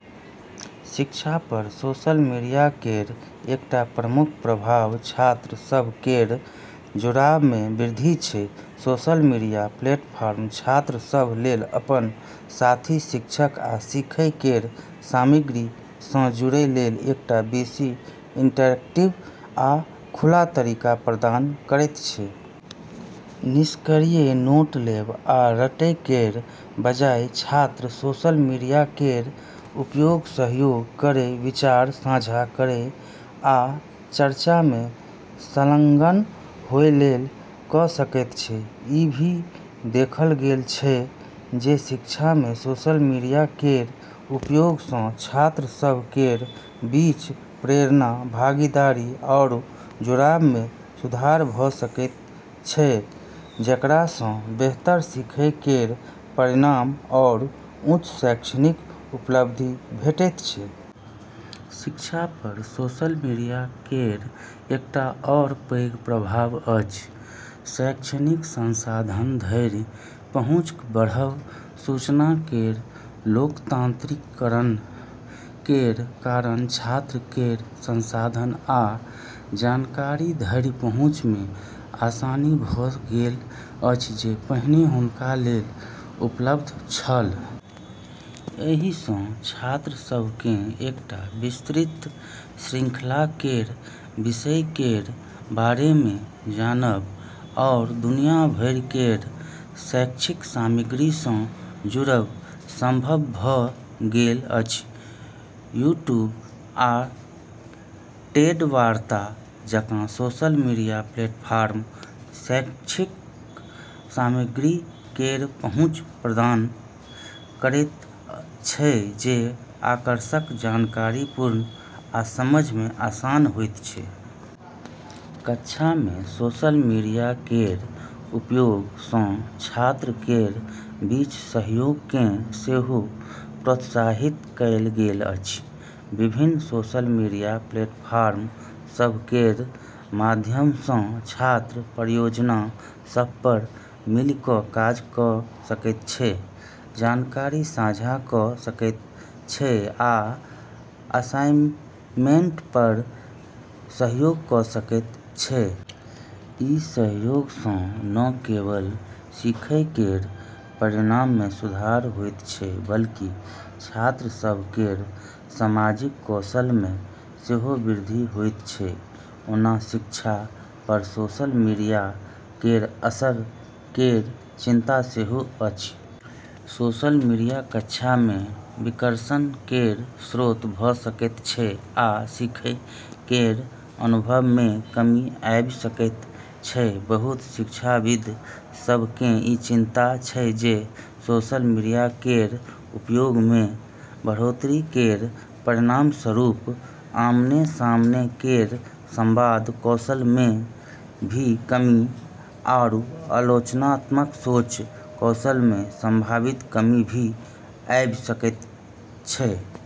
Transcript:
शिक्षा पर social media केर एकटा प्रमुख प्रभाव छात्र सभ केर जुड़ाव मे वृद्धि छै। सोशल मीडिया प्लेटफॉर्म छात्र सभ लेल अपन साथी, शिक्षक आ सीखै केर सामग्री सँ जुड़ै लेल एकटा बेसी इंटरैक्टिव आ खुला तरीका प्रदान करैत छै। निष्क्रिय नोट लेब आ रटै केर बजाय छात्र सोशल मीडिया केर उपयोग सहयोग करै, विचार साझा करै आ चर्चा मे संलग्न होए लेल कऽ सकैत छै। ई भी देखल गेल छै जे शिक्षा मे सोशल मीडिया केर उपयोग सँ छात्र सभ केर बीच प्रेरणा, भागीदारी आरू जुड़ाव मे सुधार भऽ सकैत छै, जेकरा सँ बेहतर सीखै केर परिणाम आरू उच्च शैक्षणिक उपलब्धि भेटैत छै। शिक्षा पर सोशल मीडिया केर एकटा आओर पैघ प्रभाव अछि शैक्षणिक संसाधन धरि पहुँच बढ़ब। सूचना केर लोकतांत्रिकीकरण केर कारण छात्र केर संसाधन आ जानकारी धरि पहुँच मे आसानी भऽ गेल अछि जे पहिने हुनका लेल अनुपलब्ध छल। एहि सँ छात्र सभ केँ एकटा विस्तृत श्रृंखला केर विषय केर बारे मे जानब आओर दुनिया भरि केर शैक्षिक सामग्री सँ जुड़ब संभव भऽ गेल अछि। यूट्यूब आ टेड वार्ता जकाँ सोशल मीडिया प्लेटफॉर्म शैक्षिक सामग्री केर पहुँच प्रदान करैत छै जे आकर्षक, जानकारीपूर्ण आ समझ मे आसान होइत छै। कक्षा मे सोशल मीडिया केर उपयोग सँ छात्र केर बीच सहयोग केँ सेहो प्रोत्साहित कएल गेल अछि। विभिन्न सोशल मीडिया प्लेटफॉर्म सभ केर माध्यम सँ छात्र परियोजना सभ पर मिलि कऽ काज कऽ सकैत छै, जानकारी साझा कऽ सकैत छै आ असाइनमेंट पर सहयोग कऽ सकैत छै। ई सहयोग सँ न केवल सीखै केर परिणाम मे सुधार होइत छै बल्कि छात्र सभ केर सामाजिक कौशल मे सेहो वृद्धि होइत छै। ओना शिक्षा पर सोशल मीडिया केर असर केर चिंता सेहो अछि। सोशल मीडिया कक्षा मे विकर्षण केर स्रोत भऽ सकैत छै आ सीखै केर अनुभव मे कमी आबि सकैत छै। बहुत शिक्षाविद सभ केँ ई चिंता छै जे सोशल मीडिया केर उपयोग मे बढ़ोत्तरी केर परिणामस्वरूप आमने-सामने केर संवाद कौशल मे भी कमी आरू आलोचनात्मक सोच कौशल मे संभावित कमी भी आबि सकैत छै।